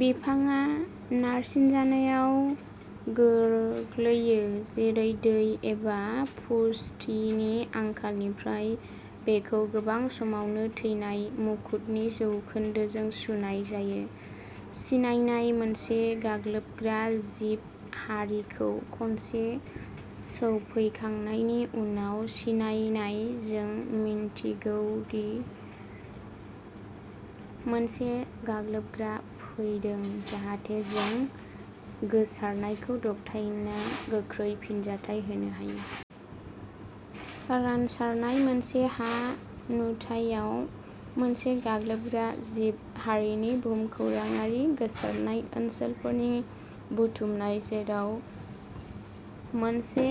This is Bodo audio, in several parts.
बिफाङा नारसिननायाव गोग्लैयो, जेरै दै एबा पुष्टिनि आंखालनिफ्राय बेखौ गोबां समावनो थैनाय मुकुटनि जौखोन्दोजों सुनाय जायो। सिनायनाय मोनसे गाग्लोबग्रा जिब हारिखौ खनसे सौफैखांनायनि उनाव सिनायनाय। जों मिथिनांगौ दि मोनसे गाग्लोबग्रा फैदों जाहाथे जों गोसारनायखौ दबथायनो गोख्रै फिनजाथाय होनो हायो। रानसारनाय मोनसे हा नुथायाव मोनसे गाग्लोबग्रा जिब हारिनि भुमखौराङारि गोसारनाय ओनसोलफोरनि बुथुमनाय जेराव मोनसे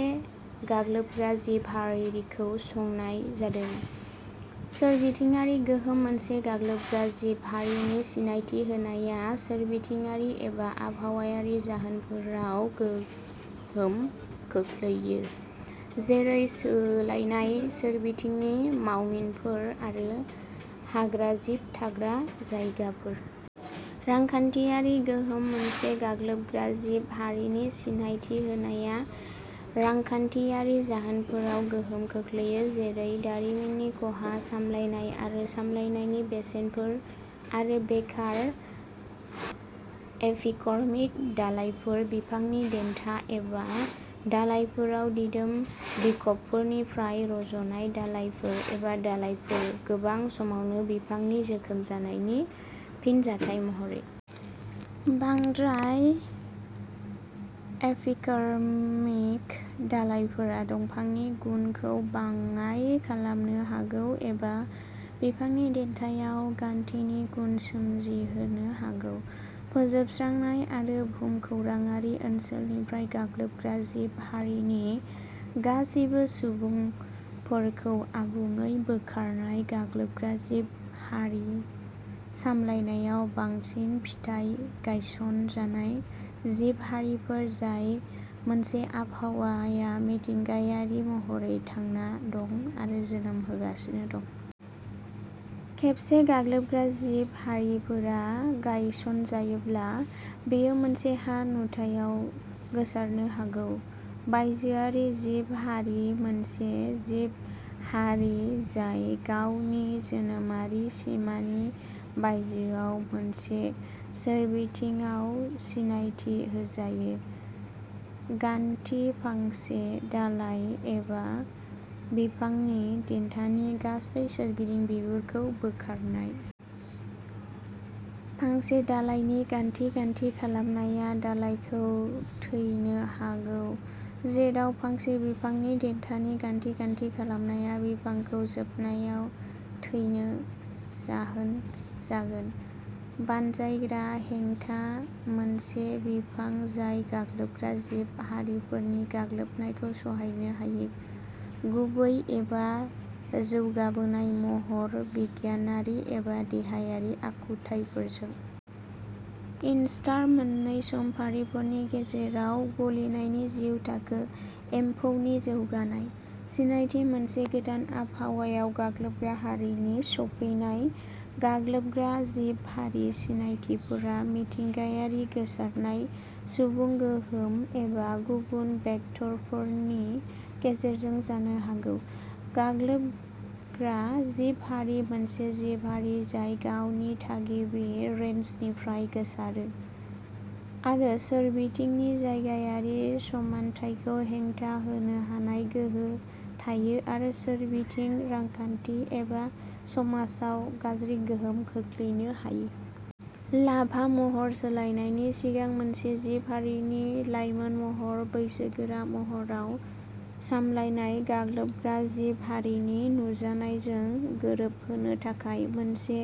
गाग्लोबग्रा जिब हारिखौ संनाय जादों। सोरबिथिङारि गोहोम मोनसे गाग्लोबग्रा जिब हारिनि सिनायथि होनाया सोरबिथिङारि एबा आबहावायारि जाहोनफोराव गोहोम खोख्लैयो, जेरै सोलायनाय सोरबिथिंनि मावमिनफोर आरो हाग्राजिब थाग्रा जायगाफोर। रांखान्थियारि गोहोम मोनसे गाग्लोबग्रा जिब हारिनि सिनायथि होनाया रांखान्थियारि जाहोनफोराव गोहोम खोख्लैयो, जेरै दारिमिननि खहा, सामलायनाय आरो सामलायनायनि बेसेनफोर, आरो बेकार। एपिकर्मिक दालायफोर बिफांनि देन्था एबा दालायफोराव दिदोम बिखबफोरनिफ्राय रज'नाय दालाइफोर एबा दालायफोर, गोबां समावनो बिफांनि जोखोम जानायनि फिनजाथाय महरै। बांद्राय एपिकर्मिक दालाइफोरा दंफांनि गुनखौ बाङाइ खालामनो हागौ एबा बिफांनि देन्थायाव गान्थिनि गुन सोमजिहोनो हागौ। फोजोबस्रांनाय मोनसे भुमखौराङारि ओनसोलनिफ्राय गाग्लोबग्रा जिब हारिनि गासिबो सुबुंफोरखौ आबुङै बोखारनाय गाग्लोबग्रा जिब हारि सामलायनायाव साबसिन फिथाय। गायसनजानाय जिब हारिफोर जाय मोनसे आबहावायाव मिथिंगायारि महरै थांना दं आरो जोनोम होगासिनो दं। खेबसे गाग्लोबग्रा जिब हारिफोरा गायसनजायोब्ला, बेयो मोनसे हा नुथायाव गोसारनो हागौ। बायजोआरि जिब हारि मोनसे जिब हारि जाय गावनि जोनोमारि सिमानि बायजोआव मोनसे सोरबिथिंआव सिनायथि होजायो। गान्थि फांसे दालाय एबा बिफांनि देन्थानि गासै सोरगिदिं बिगुरखौ बोखारनाय। फांसे दालायनि गान्थि गान्थि खालामनाया दालाइखौ थैनो हागौ, जेराव फांसे बिफांनि देन्थानि गान्थि गान्थि खालामनाया बिफांखौ जोबनायाव थैनो जाहोन जागोन। बानजायग्रा हेंथा मोनसे बिफां जाय गाग्लोबग्रा जिब हारिफोरनि गाग्लोबनायखौ सहायनो हायो, गुबै एबा जौगाबोनाय महर बिगियानारि एबा देहायारि आखुथायफोरजों। इनस्टार मोननै समफारिफोरनि गेजेराव गलिनायनि जिउ थाखो। एम्फौनि जौगानाय। सिनायथि मोनसे गोदान आबहावायाव गाग्लोबग्रा हारिनि सफैनाय। गाग्लोबग्रा जिब हारि सिनायथिफोरा मिथिंगायारि गोसारनाय, सुबुं गोहोम एबा गुबुन भेक्टरफोरनि गेजेरजों जानो हागौ। गाग्लोबग्रा जिब हारि मोनसे जिब हारि जाय गावनि थागिबि रेन्जनिफ्राय गोसारो, आरो सोरबिथिंनि जायगायारि समानथायखौ हेंथा होनो हानाय गोहो थायो आरो सोरबिथिं, रांखान्थि एबा समाजाव गाज्रि गोहोम खोख्लैनो हायो। लार्भा महर सोलायनायनि सिगां मोनसे जिब हारिनि लायमोन महर बैसोगोरा महराव। सामलायनाय गाग्लोबग्रा जिब हारिनि नुजानायजों गोरोबहोनो थाखाय मोनसे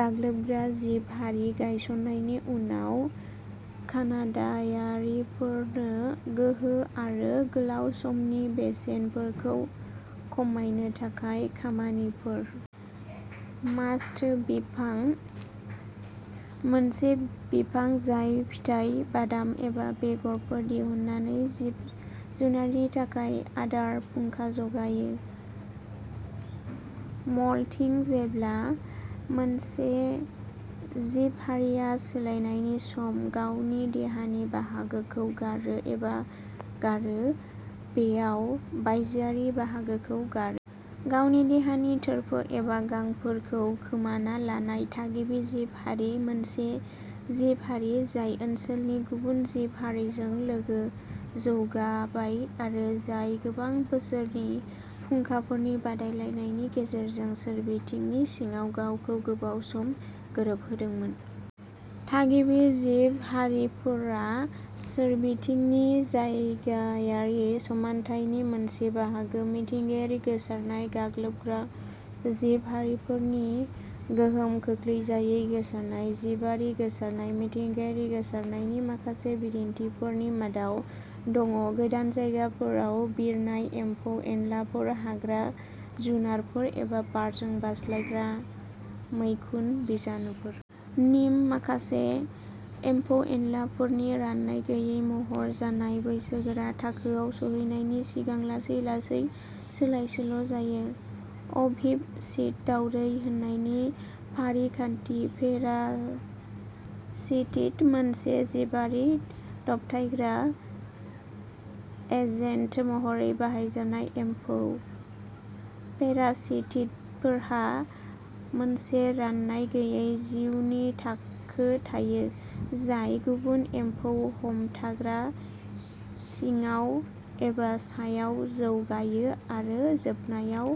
गाग्लोबग्रा जिब हारि गायसनजानायनि उनाव कानाडायारिफोरनो गोहोम आरो गोलाव समनि बेसेनफोरखौ खमायनो थाखाय खामानिफोर। मास्त बिफां मोनसे बिफां जाय फिथाइ, बादाम एबा बेगरफोर दिहुननानै जिब जुनारनि थाखाय आदार फुंखा जगायो। मल्टिं जेब्ला मोनसे जिब हारिआ सोलायनायनि समाव गावनि देहानि बाहागोखौ गारो एबा गारो। बेयाव बायजोआरि बाहागोखौ गारो। गावनि देहानि थोरफो एबा गांफोरखौ खोमाना लानाय। थागिबि जिब हारि मोनसे जिब हारि जाय ओनसोलनि गुबुन जिब हारिफोरजों लोगो जौगाबाय आरो जाय गोबां बोसोरफोरनि फुंखाफोरनि बादायलायनायनि गेजेरजों सोरबिथिंनि सिङाव गावखौ गोबाव सम गोरोबहोदोंमोन। थागिबि जिब हारिफोरा सोरबिथिंनि जायगायारि समानथिनि मोनसे बाहागो। मिथिंगायारि गोसारनाय गाग्लोबग्रा जिब हारिफोरनि गोहोम खोख्लैजायै गोसारनाय जिबारि गोसारनाय। मिथिंगायारि गोसारनायनि माखासे बिदिन्थिफोरनि मादाव दङ गोदान जायगाफोराव बिरनाय एम्फौ एनलाफोर, हाग्रा जुनारफोर एबा बारजों बारस्लायजानाय मैखुन बिजानुफोर। निम्फ माखासे एम्फौ एनलाफोरनि रानाय गैयै महर, जाय बैसोगोरा थाखोआव सौहैनायनि सिगां लासै लासै सोलायसोल'जायो। अभिप'सिट दावदै होनायनि फारिखान्थि। पेरासिटइड मोनसे जिबारि दबथायग्रा एजेन्ट महरै बाहायजानाय एम्फौ। पेरासिटइडफोरहा मोनसे रानाय गैयै जिउनि थाखो थायो जाय गुबुन एम्फौ हमथाग्रा सिङाव एबा सायाव जौगायो आरो जोबनायाव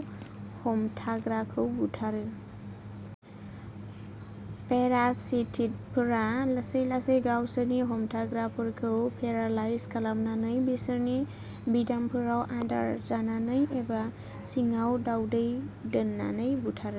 हमथाग्राखौ बुथारो। पेरासिटइडफोरा लासै लासै गावसोरनि हमथाग्राफोरखौ पेरालाइज खालामनानै, बिसोरनि बिदामफोराव आदार जानानै एबा सिङाव दावदै दोननानै बुथारो।